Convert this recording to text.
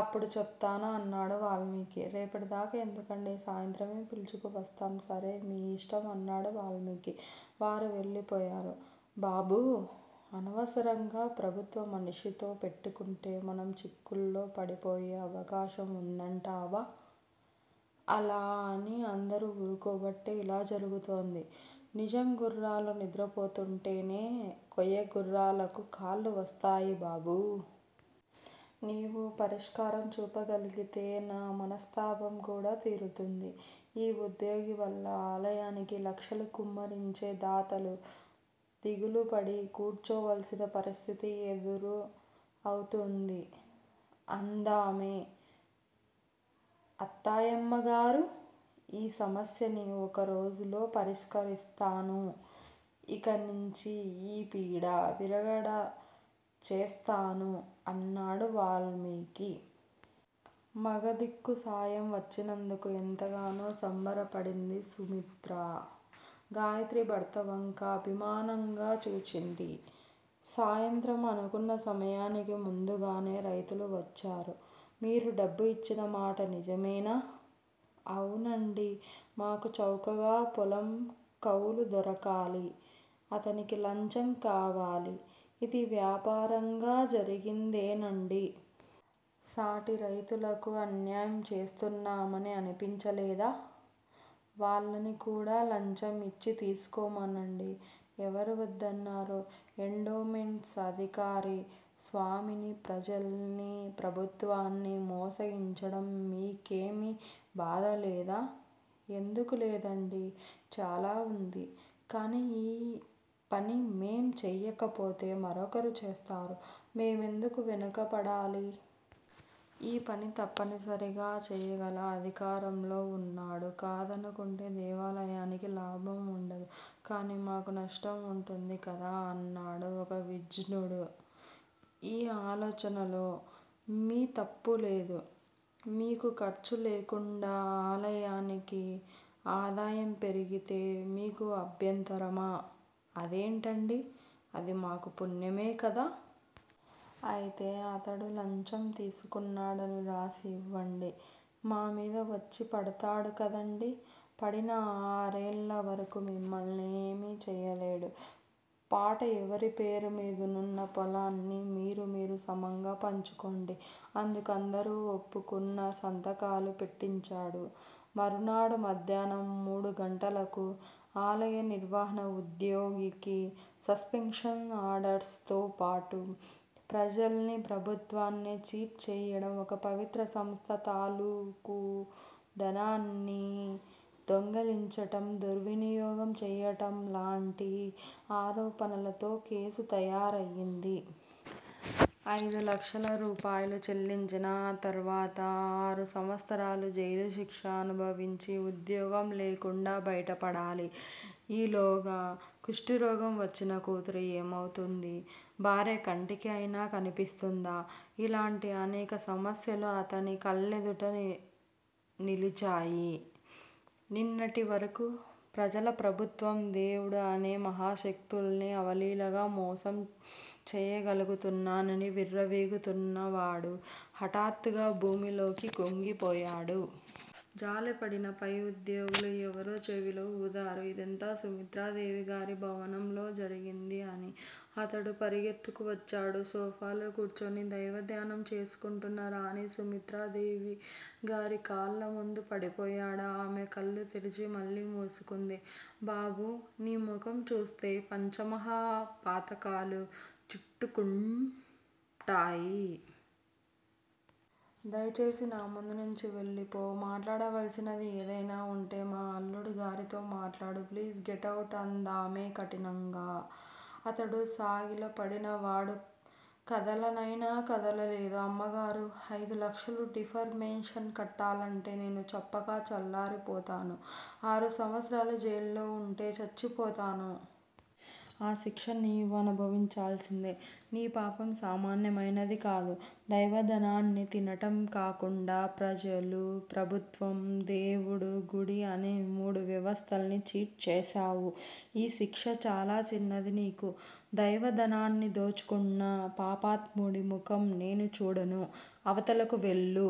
అప్పుడు చెప్తాను అన్నాడు వాల్మీకి! రేపటిదాకా ఎందుకండి. సాయంత్రమే పిలుచుకు వస్తాం సరే మీ యిష్టం అన్నాడు వాల్మీకి. వారు వెళ్ళిపోయారు. బాబూ! అనవసరంగా ప్రభుత్వం మనిషితో పెట్టుకుంటే మనం చిక్కుల్లో పడిపోయే అవకాశం ఉంటుందంటావా? అలా అని అందరూ ఊరుకోబట్టే ఇలా జరుగుతోంది. నిజం గుర్రాలు నిద్రపోతుంటేనే కొయ్య గుర్రాలకు కాళ్ళు వస్తాయి బాబూ! నీవు పరిష్కారం చూపగలిగితే నా మనస్తాపం కూడా తీరుతుంది. ఈ ఉద్యోగి వల్ల ఆలయానికి లక్షలు కుమ్మరించే దాతలు దిగులుపడి కూర్చోవలసిన పరిస్థితి ఎదురు అవుతోంది అందామె. అత్తాయమ్మగారూ! ఈ సమస్యని ఒక్క రోజులో పరిష్కరిస్తాను. ఇకనించి ఈ పీడ విరగడ చేస్తాను అన్నాడు వాల్మీకి. మగదిక్కు సాయం వచ్చినందుకు ఎంతగానో సంబరపడింది సుమిత్ర. గాయత్రి భర్త వంక అభిమానంగా చూచింది. సాయంత్రం అనుకున్న సమయానికి ముందుగానే రైతులు వచ్చారు. మీరు డబ్బు యిచ్చిన మాట నిజమేనా? అవునండి మాకు చౌకగా పొలం కౌలు దొరకాలి! అతనికి లంచం కావాలి! ఇది వ్యాపారంగా జరిగిందేనండి! సాటి రైతులకు అన్యాయం చేస్తున్నామని అనిపించలేదా? వాళ్ళని కూడా లంచమిచ్చి తీసుకోమనండి. ఎవరు వద్దన్నారు ఎండోమెంట్స్ అధికారి స్వామిని ప్రజల్ని ప్రభుత్వాన్ని మోసగించడం మీకేమీ బాధలేదా? ఎందుకు లేదండి చాలా ఉంది. కాని ఈ పని మేం చేయకపోతే మరొకరు చేస్తారు. మేమెందుకు వెనక పడాలి! ఈ పని తప్పనిసరిగా చేయగల అధికారంలో ఉన్నాడు. కాదనుకుంటే దేవాలయానికి లాభం ఉండదు. కాని మాకు నష్టం ఉంటుంది కదా అన్నాడు ఒక విజ్నుడు. ఈ ఆలోచనలో మీ తప్పులేదు. మీకు ఖర్చు లేకుండా ఆలయానికి ఆదాయం పెరిగితే మీకు అభ్యంతరమా. అదేంటండీ! అది మాకూ పుణ్యమే కదా! అయితే అతడు లంచం తీసుకున్నాడని వ్రాసి యివ్వండి!? మా మీదవచ్చి పడతాడు కదండి? పడినా ఆరేళ్ళ వరకూ మిమ్మల్ని ఏమీ చేయలేడు. పాట ఎవరి పేరుమీదునున్న పొలాన్ని మీరూ మీరూ సమంగా పండించుకోండి! అందుకు అందరూ ఒప్పుకున్నా సంతకాలు పెట్టించాడు. మరునాడు మధ్యాహ్నం మూడు గంటలకు ఆలయ నిర్వహణ ఉద్యోగికి సస్పెన్షన్ ఆర్డర్స్ తో పాటు ప్రజల్ని ప్రభుత్వాన్ని చీట్ చేయడం ఒక పవిత్ర సంస్థ తాలూకు ధనాన్ని దొంగలించటం దుర్వినియోగం చేయటంలాంటి ఆరోపణలతో కేసు తయారయింది. అయిదు లక్షల రూపాయలు చెల్లించిన తరువాత ఆరు సంవత్సరాలు జైలు శిక్ష అనుభవించి ఉద్యోగం లేకుండా బయటపడాలి. ఈలోగా కుష్టురోగం వచ్చిన కూతురు ఏమవుతుంది? భార్య కంటికి అయినా కన్పిస్తుందా? ఇలాంటి అనేక సమస్యలు అతని కళ్ళ ఎదుట నిలిచాయి. నిన్నటి వరకూ ప్రజల ప్రభుత్వం దేవుడు అనే మహాశక్తుల్ని అవలీలగా మోసం చేయగలుగుతున్నానని విర్రవీగుతున్నవాడు హఠాత్తుగా భూమిలోకి కృంగిపోయాడు. జాలపడిన పై ఉద్యోగులు ఎవరో చెవిలో ఊదారు. ఇదంతా సుమిత్రాదేవిగారి భవనంలో జరిగింది అని! అతడు పరుగెత్తుకు వచ్చాడు. సోఫాలో కూర్చుని దైవధ్యానం చేసుకుంటున్న రాణి సుమిత్రదేవి గారి కాళ్ళ ముందు పడిపోయాడు. ఆమె కళ్ళు తెరిచి మళ్ళీ మూసుకుంది. బాబూ! నీ ముఖం చూస్తే పంచమహాపాతకాలు చుట్టుకుంటాయి. దయచేసి నా ముందునుంచి వెళ్ళిపో! మాట్లడవలసినది ఏదయినా ఉంటే మా అల్లుడు గారితో మాటాడు! Please get out! అందామె కఠినంగా. అతడు సాగిలపడినవాడు కదలనయినా కదలలేదు. అమ్మగారూ! అయిదు లక్షలు డిఫర్ మేషన్ కట్టాలంటే నేను చప్పగా చల్లారిపోతాను. ఆరు సంవత్సరాలు జైల్లో వుంటే చచ్చిపోతాను. ఆ శిక్ష నీవు అనుభవించాల్సిందే! నీ పాపం సామాన్యమయినది కాదు. దైవ ధనాన్ని తినటం కాకుండా ప్రజలు ప్రభుత్వం దేవుడు గుడి అనే మూడు వ్యవస్థల్ని ఛీట్ చేశావు, ఈ శిక్ష చాలా చిన్నది నీకు. దైవధనాన్ని దోచుకున్న పాపాత్ముడి ముఖం నేను చూడను. అవతలకు వెళ్ళు